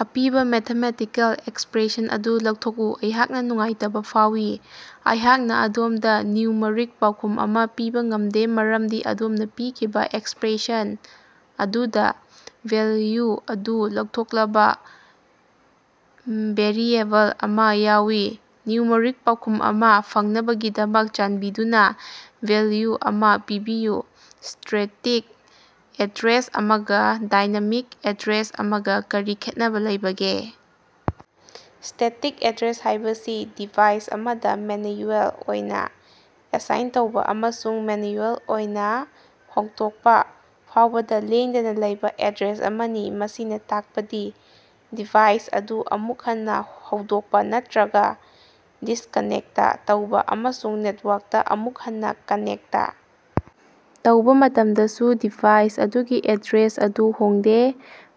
ꯑꯄꯤꯕꯥ mathematical expression ꯑꯗꯨ ꯂꯧꯊꯣꯛꯎ꯫ ꯑꯩꯍꯥꯛꯅꯥ ꯅꯨꯡꯉꯥꯏꯇꯕꯥ ꯐꯥꯎꯏ, ꯑꯩꯍꯥꯛꯅꯥ ꯑꯗꯣꯝꯗꯥ ꯅ꯭ꯌꯨꯃꯔꯤꯛ ꯄꯥꯎꯈꯨꯝ ꯑꯃꯥ ꯄꯤꯕꯥ ꯉꯝꯗꯦ ꯃꯔꯝꯗꯤ ꯑꯗꯣꯝꯅꯥ ꯄꯤꯈꯤꯕꯥ ꯑꯦꯛꯁꯄꯔꯦꯁꯟ ꯑꯗꯨꯗꯥ ꯚꯦꯜꯌꯨ ꯑꯗꯨ ꯂꯧꯊꯣꯛꯂꯕꯥ ꯚꯦꯔꯤꯑꯦꯕꯜ ꯑꯃꯥ ꯌꯥꯎꯏ꯫ ꯅ꯭ꯌꯨꯃꯔꯤꯛ ꯄꯥꯎꯈꯨꯝ ꯑꯃꯥ ꯐꯪꯅꯕꯒꯤꯗꯃꯛ, ꯆꯥꯟꯕꯤꯗꯨꯅꯥ ꯚꯦꯜꯌꯨ ꯑꯃꯥ ꯄꯤꯕꯤꯌꯨ꯫ꯁ꯭ꯇꯦꯇꯤꯛ ꯑꯦꯗ꯭ꯔꯦꯁ ꯑꯃꯒꯥ ꯗꯥꯏꯅꯥꯃꯤꯛ ꯑꯦꯗ꯭ꯔꯦꯁ ꯑꯃꯒꯥ ꯀꯔꯤ ꯈꯦꯠꯅꯕꯥ ꯂꯩꯕꯒꯦ? ꯁ꯭ꯇꯦꯇꯤꯛ ꯑꯦꯗ꯭ꯔꯦꯁ ꯍꯥꯏꯕꯁꯤ ꯗꯤꯚꯥꯏꯁ ꯑꯃꯗꯥ ꯃꯦꯅꯌꯨꯑꯦꯜ ꯑꯣꯏꯅꯥ ꯑꯦꯁꯥꯏꯟ ꯇꯧꯕꯥ ꯑꯃꯁꯨꯡ ꯃꯦꯅꯌꯨꯑꯦꯜ ꯑꯣꯏꯅꯥ ꯍꯣꯡꯗꯣꯛꯄꯥ ꯐꯥꯎꯕꯗꯥ ꯂꯦꯡꯗꯅꯥ ꯂꯩꯕꯥ ꯑꯦꯗ꯭ꯔꯦꯁ ꯑꯃꯅꯤ꯫ ꯃꯁꯤꯅꯥ ꯇꯥꯛꯄꯗꯤ ꯗꯤꯚꯥꯏꯁ ꯑꯗꯨ ꯑꯃꯨꯛ ꯍꯟꯅꯥ ꯍꯧꯗꯣꯛꯄꯥ ꯅꯠꯇꯔꯒꯥ ꯗꯤꯁꯀꯅꯦꯛꯇ ꯇꯧꯕꯥ ꯑꯃꯁꯨꯡ ꯅꯦꯠꯋꯥꯔꯛꯇꯥ ꯑꯃꯨꯛ ꯍꯟꯅꯥ ꯀꯅꯦꯛꯇ ꯇꯧꯕꯥ ꯃꯇꯝꯗꯁꯨ ꯗꯤꯚꯥꯏꯁ ꯑꯗꯨꯒꯤ ꯑꯦꯗ꯭ꯔꯦꯁ ꯑꯗꯨ ꯍꯣꯡꯗꯦ꯫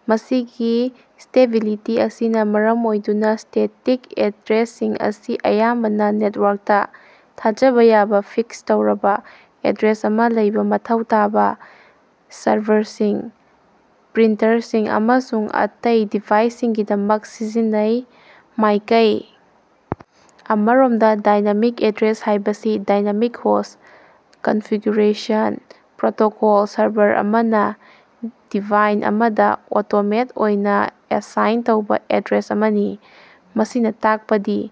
ꯃꯁꯤꯒꯤ ꯁ꯭ꯇꯦꯕꯤꯂꯤꯇꯤ ꯑꯁꯤꯅꯥ ꯃꯔꯝ ꯑꯣꯏꯗꯨꯅꯥ, ꯁ꯭ꯇꯦꯇꯤꯛ ꯑꯦꯗ꯭ꯔꯦꯁꯁꯤꯡ ꯑꯁꯤ ꯑꯌꯥꯝꯕꯅꯥ ꯅꯦꯠꯋꯥꯔꯛꯇꯥ ꯊꯥꯖꯕꯥ ꯌꯥꯕꯥ, ꯐꯤꯛꯁ ꯇꯧꯔꯕꯥ ꯑꯦꯗ꯭ꯔꯦꯁ ꯑꯃꯥ ꯂꯩꯕꯥ ꯃꯊꯧ ꯇꯥꯕꯥ ꯁꯔꯚꯔꯁꯤꯡ, ꯄ꯭ꯔꯤꯟꯇꯔꯁꯤꯡ ꯑꯃꯁꯨꯡ ꯑꯇꯩ ꯗꯤꯚꯥꯏꯁꯁꯤꯡꯒꯤꯗꯃꯛ ꯁꯤꯖꯤꯟꯅꯩ꯫ ꯃꯥꯏꯀꯩ ꯑꯃꯔꯣꯝꯗꯥ, ꯗꯥꯏꯅꯥꯃꯤꯛ ꯑꯦꯗ꯭ꯔꯦꯁ ꯍꯥꯏꯕꯁꯤ (dynamic host configuration protocol) server ꯑꯃꯅꯥ ꯗꯤꯚꯥꯏꯟ ꯑꯃꯗꯥ ꯑꯣꯇꯣꯃꯦꯠ ꯑꯣꯏꯅꯥ ꯑꯦꯁꯥꯏꯟ ꯇꯧꯕꯥ ꯑꯦꯗ꯭ꯔꯦꯁ ꯑꯃꯅꯤ꯫ ꯃꯁꯤꯅꯥ ꯇꯥꯛꯄꯗꯤ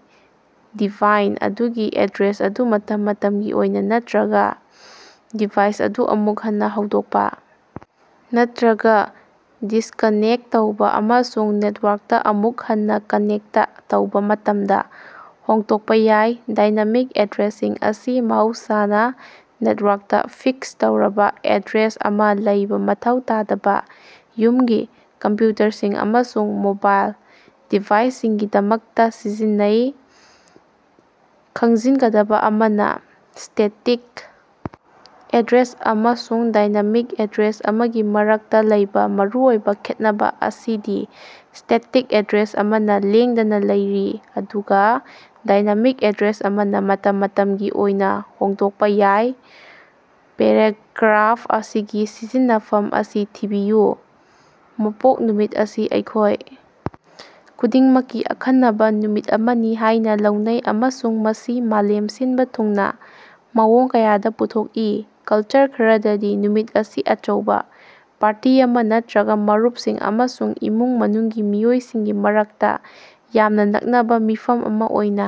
ꯗꯤꯚꯥꯏꯟ ꯑꯗꯨꯒꯤ ꯑꯦꯗ꯭ꯔꯦꯁ ꯑꯗꯨ ꯃꯇꯝ ꯃꯇꯝꯒꯤ ꯑꯣꯏꯅꯥ ꯅꯠꯇꯔꯒꯥ ꯗꯤꯚꯥꯏꯁ ꯑꯗꯨ ꯑꯃꯨꯛ ꯍꯟꯅꯥ ꯍꯧꯗꯣꯛꯄꯥ ꯅꯠꯇꯔꯒꯥ ꯗꯤꯁꯀꯅꯦꯛꯇ ꯇꯧꯕꯥ ꯑꯃꯁꯨꯡ ꯅꯦꯠꯋꯥꯔꯛꯇꯥ ꯑꯃꯨꯛ ꯍꯟꯅꯥ ꯀꯅꯦꯛꯇ ꯇꯧꯕꯥ ꯃꯇꯝꯗꯥ ꯍꯣꯡꯗꯣꯛꯄꯥ ꯌꯥꯏ꯫ ꯗꯥꯏꯅꯥꯃꯤꯛ ꯑꯦꯗ꯭ꯔꯦꯁꯁꯤꯡ ꯑꯁꯤ ꯃꯍꯧꯁꯥꯅꯥ ꯅꯦꯇꯋꯥꯔꯛꯇꯥ ꯐꯤꯛꯁ ꯇꯧꯔꯕꯥ ꯑꯦꯗ꯭ꯔꯦꯁ ꯑꯃꯥ ꯂꯩꯕꯥ ꯃꯊꯧ ꯇꯥꯗꯕꯥ ꯌꯨꯝꯒꯤ ꯀꯝꯄꯌꯨꯇꯔꯁꯤꯡ ꯑꯃꯁꯨꯡ ꯃꯣꯕꯥꯏꯜ ꯗꯤꯚꯥꯏꯁꯁꯤꯡꯒꯤꯗꯃꯛꯇꯥ ꯁꯤꯖꯤꯟꯅꯩ꯫ ꯈꯪꯖꯤꯒꯗꯕꯥ ꯑꯃꯅꯥ, ꯁ꯭ꯇꯦꯇꯤꯛ ꯑꯦꯗ꯭ꯔꯦꯁ ꯑꯃꯁꯨꯡ ꯗꯥꯏꯅꯥꯃꯤꯛ ꯑꯦꯗ꯭ꯔꯦꯁ ꯑꯃꯒꯤ ꯃꯔꯛꯇꯥ ꯂꯩꯕꯥ ꯃꯔꯨꯑꯣꯏꯕꯥ ꯈꯦꯠꯅꯕꯥ ꯑꯁꯤꯗꯤ ꯁ꯭ꯇꯦꯇꯤꯛ ꯑꯦꯗ꯭ꯔꯦꯁ ꯑꯃꯅꯥ ꯂꯦꯡꯗꯅꯥ ꯂꯩꯔꯤ ꯑꯗꯨꯒꯥ ꯗꯥꯏꯅꯥꯃꯤꯛ ꯑꯦꯗ꯭ꯔꯦꯁ ꯑꯃꯅꯥ ꯃꯇꯝ ꯃꯇꯝꯒꯤ ꯑꯣꯏꯅꯥ ꯍꯣꯡꯗꯣꯛꯄꯥ ꯌꯥꯏ꯫ ꯄꯦꯔꯥꯒ꯭ꯔꯥꯐ ꯑꯁꯤꯒꯤ ꯁꯝꯖꯤꯟꯅꯐꯝ ꯑꯁꯤ ꯊꯤꯕꯤꯌꯨ: ꯃꯄꯣꯛ ꯅꯨꯃꯤꯠ ꯑꯁꯤ ꯑꯩꯈꯣꯏ ꯈꯨꯗꯤꯡꯃꯛꯀꯤ ꯑꯈꯟꯅꯕꯥ ꯅꯨꯃꯤꯠ ꯑꯃꯅꯤ ꯍꯥꯏꯅꯥ ꯂꯧꯅꯩ ꯑꯃꯁꯨꯡ ꯃꯁꯤ ꯃꯥꯂꯦꯝ ꯁꯤꯟꯕꯥ ꯊꯨꯡꯅꯥ ꯃꯑꯣꯡ ꯀꯌꯥꯗꯥ ꯄꯨꯊꯣꯛꯏ꯫ ꯀꯜꯆꯔ ꯈꯔꯗꯗꯤ ꯅꯨꯃꯤꯠ ꯑꯁꯤ ꯑꯆꯧꯕꯥ ꯄꯥꯔꯇꯤ ꯑꯃꯥ ꯅꯠꯇꯔꯒꯥ ꯃꯔꯨꯞꯁꯤꯡ ꯑꯃꯁꯨꯡ ꯏꯃꯨꯡ ꯃꯅꯨꯡꯒꯤ ꯃꯤꯑꯣꯏꯁꯤꯡꯒꯤ ꯃꯔꯛꯇꯥ ꯌꯥꯝꯅꯥ ꯅꯛꯅꯕꯥ ꯃꯤꯐꯝ ꯑꯃꯥ ꯑꯣꯏꯅꯥ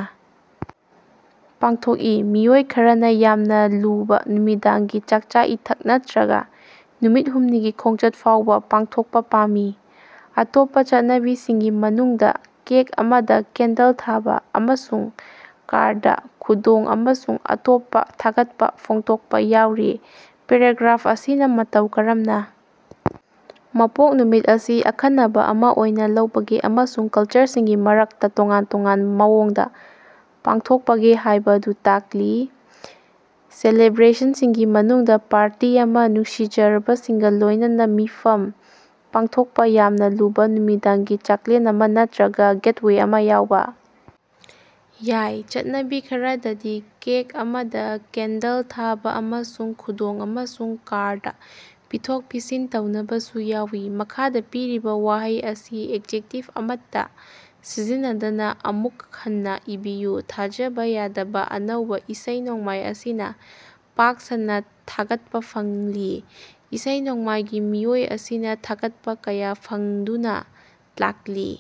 ꯄꯥꯡꯊꯣꯛꯏ꯫ ꯃꯤꯑꯣꯏ ꯈꯔꯅꯥ ꯌꯥꯝꯅꯥ ꯂꯨꯕꯥ ꯅꯨꯃꯤꯗꯥꯡꯒꯤ ꯆꯥꯛꯆꯥ-ꯏꯊꯛ ꯅꯠꯇꯔꯒꯥ ꯅꯨꯃꯤꯠ ꯍꯨꯝꯅꯤꯒꯤ ꯈꯣꯡꯆꯠ ꯐꯥꯎꯕꯥ ꯄꯥꯡꯊꯣꯛꯄꯥ ꯄꯥꯝꯃꯤ꯫ ꯑꯇꯣꯞꯄꯥ ꯆꯠꯅꯕꯤꯁꯤꯡꯒꯤ ꯃꯅꯨꯡꯗꯥ ꯀꯦꯛ ꯑꯃꯗꯥ ꯀꯦꯟꯗꯜ ꯊꯥꯕꯥ ꯑꯃꯁꯨꯡ ꯀꯥꯔꯗ, ꯈꯨꯗꯣꯜ ꯑꯃꯁꯨꯡ ꯑꯇꯣꯞꯄꯥ ꯊꯥꯒꯠꯄꯥ ꯐꯣꯡꯗꯣꯛꯄꯥ ꯌꯥꯎꯔꯤ꯫ ꯄꯦꯔꯥꯒ꯭ꯔꯥꯐ ꯑꯁꯤꯅꯥ ꯃꯇꯧ ꯀꯔꯝꯅꯥ ꯃꯄꯣꯛ ꯅꯨꯃꯤꯠ ꯑꯁꯤ ꯑꯈꯟꯅꯕꯥ ꯑꯃꯥ ꯑꯣꯏꯅꯥ ꯂꯧꯕꯒꯦ ꯑꯃꯁꯨꯡ ꯀꯜꯆꯔꯁꯤꯡꯒꯤ ꯃꯔꯛꯇꯥ ꯇꯣꯉꯥꯟ ꯇꯣꯉꯥꯟꯕꯥ ꯃꯑꯣꯡꯗꯥ ꯄꯥꯡꯊꯣꯛꯄꯒꯦ ꯍꯥꯏꯕꯗꯨ ꯇꯥꯛꯂꯤ꯫ ꯁꯦꯂꯦꯕ꯭ꯔꯦꯁꯟꯁꯤꯡꯒꯤ ꯃꯅꯨꯡꯗꯥ ꯄꯥꯔꯇꯤ ꯑꯃꯥ, ꯅꯨꯡꯁꯤꯖꯔꯕꯁꯤꯡꯒꯥ ꯂꯣꯏꯅꯅꯥ ꯃꯤꯐꯝ ꯄꯥꯡꯊꯣꯛꯄꯥ, ꯌꯥꯝꯅꯥ ꯂꯨꯕꯥ ꯅꯨꯃꯤꯗꯥꯡꯒꯤ ꯆꯥꯛꯂꯦꯟ ꯑꯃꯥ ꯅꯠꯇꯔꯒꯥ ꯒꯦꯠꯋꯦ ꯑꯃꯥ ꯌꯥꯎꯕꯥ ꯌꯥꯏ꯫ ꯆꯠꯅꯕꯤ ꯈꯔꯗꯗꯤ ꯀꯦꯛ ꯑꯃꯗꯥ ꯀꯦꯟꯗꯜ ꯊꯥꯕꯥ ꯑꯃꯁꯨꯡ ꯈꯨꯗꯣꯜ ꯑꯃꯁꯨꯡ ꯀꯥꯔꯗ ꯄꯤꯊꯣꯛ-ꯄꯤꯁꯤꯟ ꯇꯧꯅꯕꯁꯨ ꯌꯥꯎꯏ꯫ ꯃꯈꯥꯗꯥ ꯄꯤꯔꯤꯕꯥ ꯋꯥꯍꯩ ꯑꯁꯤ ꯑꯦꯖꯦꯛꯇꯤꯚ ꯑꯃꯠꯇꯥ ꯁꯤꯖꯤꯟꯅꯗꯅꯥ ꯑꯃꯨꯛ ꯍꯟꯅꯥ ꯏꯕꯤꯌꯨ꯫ ꯊꯥꯖꯕꯥ ꯌꯥꯗꯕꯥ ꯑꯅꯧꯕꯥ ꯏꯁꯩ ꯅꯣꯡꯃꯥꯏ ꯑꯁꯤꯅꯥ ꯄꯥꯛ ꯁꯟꯅꯥ ꯊꯥꯒꯠꯄꯥ ꯐꯪꯂꯤ꯫ ꯏꯁꯩ ꯅꯣꯡꯃꯥꯏꯒꯤ ꯃꯤꯑꯣꯏ ꯑꯁꯤꯅꯥ ꯊꯥꯒꯠꯄꯥ ꯀꯌꯥ ꯐꯪꯗꯨꯅꯥ ꯂꯥꯛꯂꯤ꯫